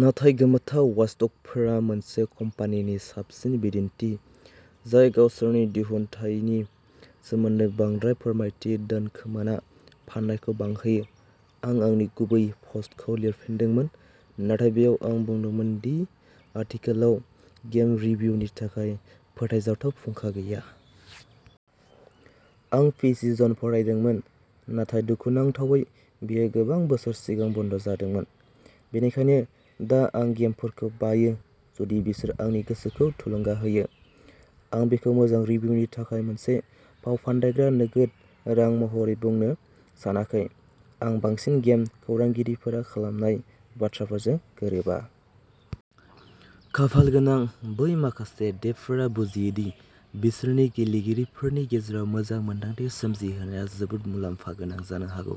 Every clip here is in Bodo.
नाथाय गोमोथाव वाचडगफोरा मोनसे कम्पानिनि साबसिन बिदिन्थि, जाय गावसोरनि दिहुनथायनि सोमोन्दै बांद्राय फोरमायथि दोनखोमाना फाननायखौ बांहोयो। आं आंनि गुबै पस्टखौ लिरफिनदोंमोन, नाथाय बेयाव आं बुंदोंमोन दि आथिखालाव गेम रिभिउनि थाखाय फोथायजाथाव फुंखा गैया। आं पि सि जन फरायदोंमोन, नाथाय दुखुनांथावै बियो गोबां बोसोर सिगां बन्द' जादोंमोन, बेनिखायनो दा आं गेमफोरखौ बायो जुदि बिसोर आंनि गोसोखौ थुलुंगा होयो। आं बेखौ मोजां रिभिउनि थाखाय मोनसे फावफान्दायग्रा नोगोद रां महरै बुंनो सानाखै, आं बांसिन गेम खौरांगिरिफोरा खालामनाय बाथ्राफोरजों गोरोबा। खाफालगोनां बै माखासे डेभफोरा बुजियो दि बिसोरनि गेलेगिरिफोरनि गेजेराव मोजां मोन्दांथि सोमजिहोनाया जोबोद मुलाम्फा गोनां जानो हागौ,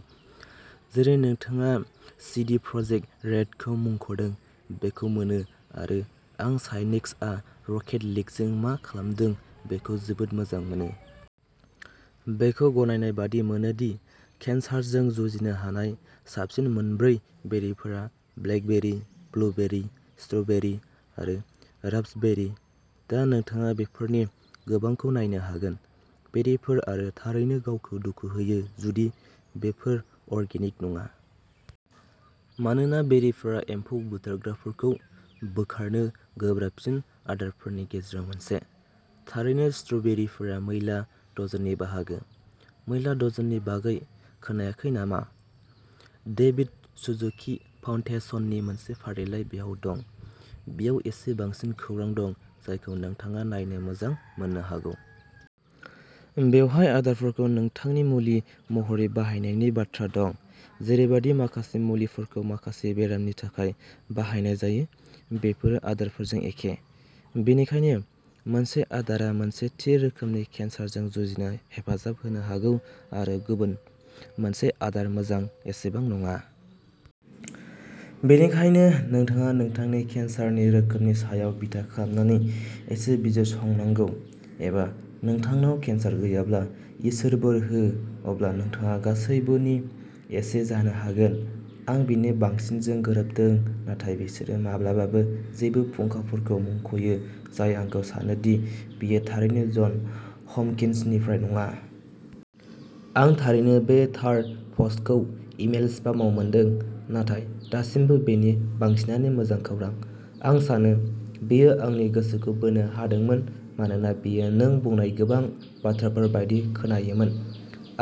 जेरै नोंथाङा सिडि प्रजेक्ट रेडखौ मुंख'दों, बेखौ मोनो आरो आं साइनिक्सआ रकेट लीगजों मा खालामदों बेखौ जोबोद मोजां मोनो। बेखौ गनायनाय बादि मोनो दि केन्सारजों जुजिनो हानाय साबसिन मोन ब्रै बेरिफोरा ब्लेकबेरी, ब्लुबेरि, स्ट्र'बेरि आरो रास्पबेरी। दा, नोंथाङा बेफोरनि गोबांखौ नायनो हागोन। बेरिफोर आरो थारैनो गावखौ दुखु होयो जुदि बेफोर अर्गेनिक नङा। मानोना बेरिफोरा एम्फौ बुथारग्राफोरखौ बोखारनो गोब्राबसिन आदारफोरनि गेजेराव मोनसे। थारैनो स्ट्र'बेरिफोरा मैला डजननि बाहागो। मैला डजननि बागै खोनायाखै नामा? देभिद सुजुकि फाउन्डेशननि मोनसे फारिलाइ बेयाव दं। बेयाव एसे बांसिन खौरां दं जायखौ नोंथाङा नायनो मोजां मोननो हागौ। बेवहाय आदारफोरखौ नोंथांनि मुलि महरै बाहायनायनि बाथ्रा दं। जेरैबादि माखासे मुलिफोरखौ माखासे बेरामनि थाखाय बाहायनाय जायो, बेफोरो आदारफोरजों एखे। बेनिखायनो, मोनसे आदारा मोनसे थि रोखोमनि केन्सारजों जुजिनाय हेफाजाब होनो हागौ आरो गुबुन मोनसे आदार मोजां एसेबां नङा। बेनिखायनो, नोंथाङा नोंथांनि केन्सारनि रोखोमनि सायाव बिथा खालामनानै एसे बिजिरसंनांगौ। एबा, नोंथांनाव केन्सार गैयाब्ला, इसोर बोर हो, अब्ला नोंथाङा गासैबोनि एसे जानो हागोन। आं बेनि बांसिनजों गोरोबदों नाथाय बिसोरो माब्लाबाबो जेबो फुंखाफोरखौ मुंख'यो जाय आंखौ सानो दि बेयो थारैनो जन हपकिन्सनिफ्राय नङा। आं थारैनो बे थार पस्टखौ इमेल स्पामआव मोनदों। नाथाय दासिमबो बेनि बांसिनानो मोजां खौरां, आं सानो। बेयो आंनि गोसोखौ बोनो हादोंमोन मानोना बेयो नों बुंनाय गोबां बाथ्राफोर बायदि खोनायोमोन।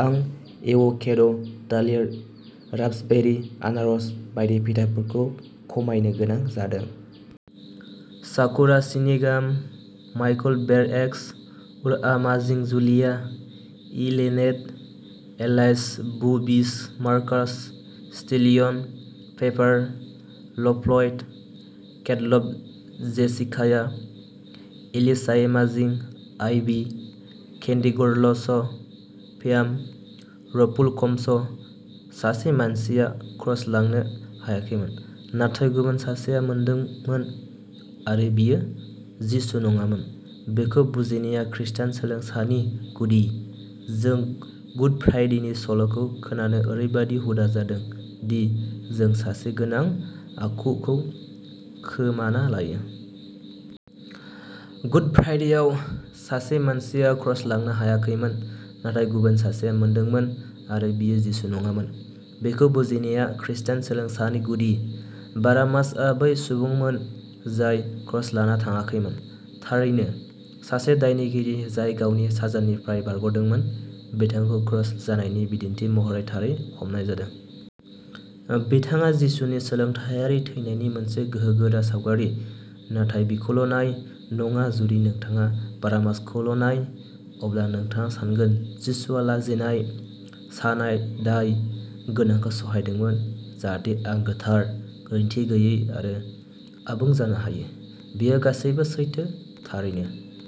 आं एव'केड', थालिर, रास्पबेरी, आनारस बायदि फिथाइफोरखौ खमायनो गोनां जादों। साकुराशिनिगाम। माइकलभेरएक्स। उरआमाजिंजुलिया इलेनेट एलाइसबुबिसमार्कास स्टेलियन पेपार लभफ्लयड केटलभजेसिकाया एलिसाएमाजिं आइभि केन्डिगर्लस' फियाम' रफुलकमशो। सासे मानसिया क्रस लांनो हायाखैमोन। नाथाय गुबुन सासेआ मोनदोंमोन-आरो बियो जिसु नङामोन। बिखौ बुजिनाया खृस्टान सोलोंसानि गुदि। जों गुड फ्राइडेनि सल'खौ खोनानो ओरैबादि हुदा जादों, दि जों सासे गोनां आखुखौ खोमाना लायो। गुड फ्राइडेयाव, सासे मानसिया क्रस लांनो हायाखैमोन। नाथाय गुबुन सासेआ मोनदोंमोन-आरो बियो जिसु नङामोन। बेखौ बुजिनाया खृस्टान सोलोंसानि गुदि। बारामासआ बै सुबुंमोन जाय क्रस लाना थाङाखैमोन, थारैनो। सासे दायनिगिरि जाय गावनि साजानिफ्राय बारग'दोंमोन, बिथांखौ क्रस जानायनि बिदिन्थि महरै थारै हमनाय जादों। बिथाङा जिसुनि सोलायथायारि थैनायनि मोनसे गोहोगोरा सावगारि। नाथाय बिखौल'नाय नङा जुदि नोंथाङा बाराबासखौल'नाय, अब्ला नोंथाङा सानगोन जिसुआ लाजिनाय, सानाय, दाय गोनांखौ सहायदोंमोन, जाहाथे आं गोथार, गोरोनथि गैयै आरो आबुं जानो हायो। बेयो गासैबो सैथो, थारैनो।